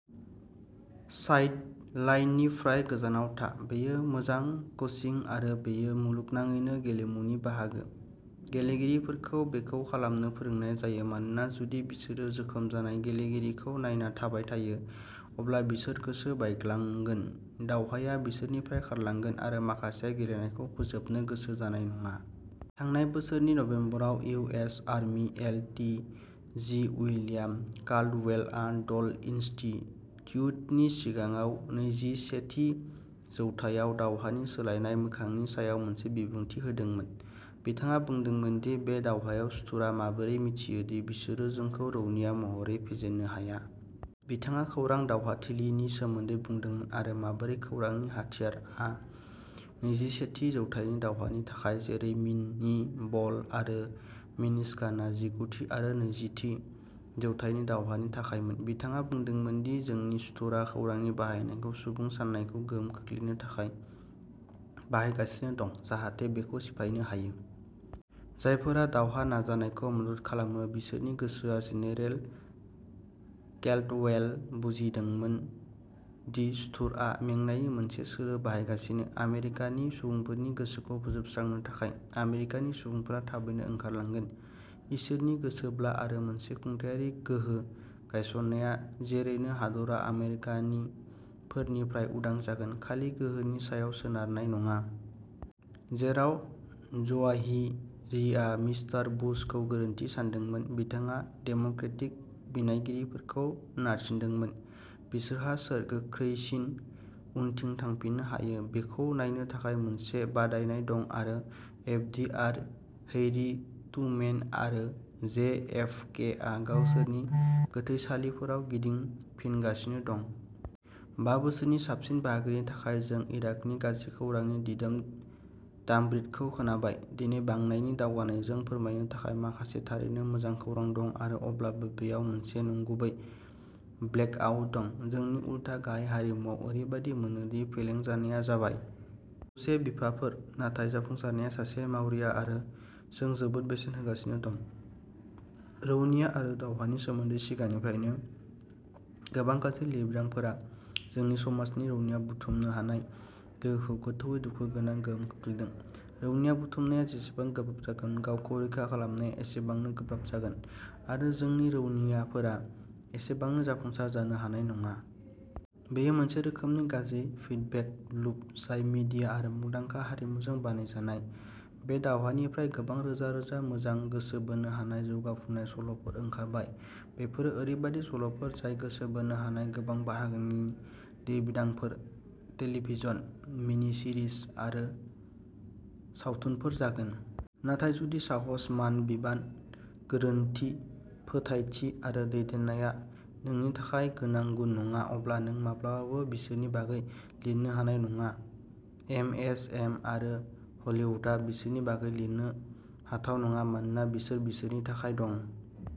साइडलाइननिफ्राय गोजानाव था। बेयो मोजां कोचिं आरो बेयो मुलुगनाङैनो गेलेमुनि बाहागो। गेलेगिरिफोरखौ बेखौ खालामनो फोरोंनाय जायो मानोना जुदि बिसोरो जोखोम जानाय गेलेगिरिखौ नायना थाबाय थायो, अब्ला बिसोर गोसो बायग्लांगोन। दावहाया बिसोरनिफ्राय खारलांगोन आरो माखासेया गेलेनायखौ फोजोबनो गोसो जानाय नङा। थांनाय बोसोरनि नबेम्बराव U S army L T G William काल्डवेलआ ड'ल इनस्टिट्युटनि सिगाङाव नैजिसेथि जौथायाव दावहानि सोलायनाय मोखांनि सायाव मोनसे बिबुंथि होदोंमोन। बिथाङा बुंदोंमोन दि बे दावहायाव सुथुरआ माबोरै मिथियो दि बिसोरो जोंखौ रौनिया महरै फेजेननो हाया। बिथाङा "खौरां दावहाथिलि" नि सोमोन्दै बुंदोंमोन आरो माबोरै "खौरांनि हाथियार" आ नैजिसेथि जौथाइनि दावहानि थाखाय, जेरै मिनि बल आरो मेसिन गानआ जिगुथि आरो नैजिथि जौथाइनि दावहानि थाखायमोन। बिथाङा बुंदोंमोन दि जोंनि सुथुरआ खौरांनि बाहायनायखौ सुबुं सान्नायखौ गोहोम खोख्लैनो थाखाय बाहायगासिनो दं, जाहाथे बेखौ सिफायनो हायो। जायफोरा दावहा नाजानायखौ मदद खालामो बिसोरनि गोसोआ। जेनेरेल केल्डवेलआ बुजिमोदोंमोन दि सुथुरआ "मेंनायनि मोनसे सोलो बाहायगासिनो", आमेरिकानि सुबुंफोरनि गोसोखौ फोजोबस्रांनो थाखाय। "आमेरिकानि सुबुंफोरा थाबैनो ओंखारलांगोन, इसोरनि गोसोब्ला, आरो मोनसे खुंथायारि गोहो गायसननाया जेरैनो हादरा आमेरिकानिफोरनिफ्राय उदां जागोन-खालि गोहोनि सायाव सोनारनाय नङा। जेराव जवाहिरीया मिस्टार बुशखौ गोरोन्थि सानदोंमोन, बिथाङा डेम'क्रेटिक बिनायगिरिफोरखौ नारसिंदोंमोन। बिसोरहा सोर गोख्रैसिन उनथिं थांफिननो हायो बेखौ नायनो थाखाय मोनसे बादायनाय दं आरो F D R, Harry Truman, आरो जे एफ के आ गावसोरनि गोथैसालिफोराव गिदिंफिनगासिनो दं। बा बोसोरनि साबसिन बाहागोनि थाखाय, जों इराकनि गाज्रि खौरांनि दिदोम दामब्रिदखौ खोनाबाय। दिनै, बांनायनि दावगानायजों, फोरमायनो थाखाय माखासे थारैनो मोजां खौरां दं आरो अब्लाबो बेयाव मोनसे नंगुबै ब्लेकआउट दं। जोंनि उलथा गाहाय हारिमुआव, ओरैबायदि मोनो दि फेलें जानाया जाबाय। जौसे बिफाफोर नाथाय जाफुंसारनाया सासे मावरिया आरो जों जोबोद बेसेन होगासिनो दं। रौनिया आरो दावहानि सोमोन्दै सिगांनिफ्रायनो गोबां गाज्रि लिरबिदांफोरा जोंनि समाजनि रौनिया बुथुमनो हानाय गोहोखौ गोथौवै दुखु गोनां गोहोम खोख्लैदों। रौनिया बुथुमनाया जेसेबां गोब्राब जागोन, गावखौ रैखा खालामनाया एसेबांनो गोब्राब जागोन आरो जोंनि रौनियाफोरा एसेबांनो जाफुंसार जानो हानाय नङा। बेयो मोनसे रोखोमनि गाज्रि फिडबेक लुप जाय मिडिया आरो मुंदांखा हारिमुजों बानायजानाय। बे दावहानिफ्राय गोबां रोजा-रोजा मोजां, गोसो बोनो हानाय, जौगाफुनाय सल'फोर ओंखारबाय। बेफोरो ओरैबायदि सल'फोर जाय गोसो बोनो हानाय गोबां बाहागोनि लिरबिदांफोर, टेलिभिजन मिनिसिरिज आरो सावथुनफोर जागोन। नाथाय जुदि साहस, मान, बिबान, गोरोनथि, फोथायथि आरो दैदेननाया नोंनि थाखाय गोनां गुन नङा, अब्ला नों माब्लाबाबो बिसोरनि बागै लिरनो हानाय नङा। एमएसएम आरो हलीवुडआ बिसोरनि बागै लिरनो हाथाव नङा मानोना बिसोर बिसोरनि थाखाय दं।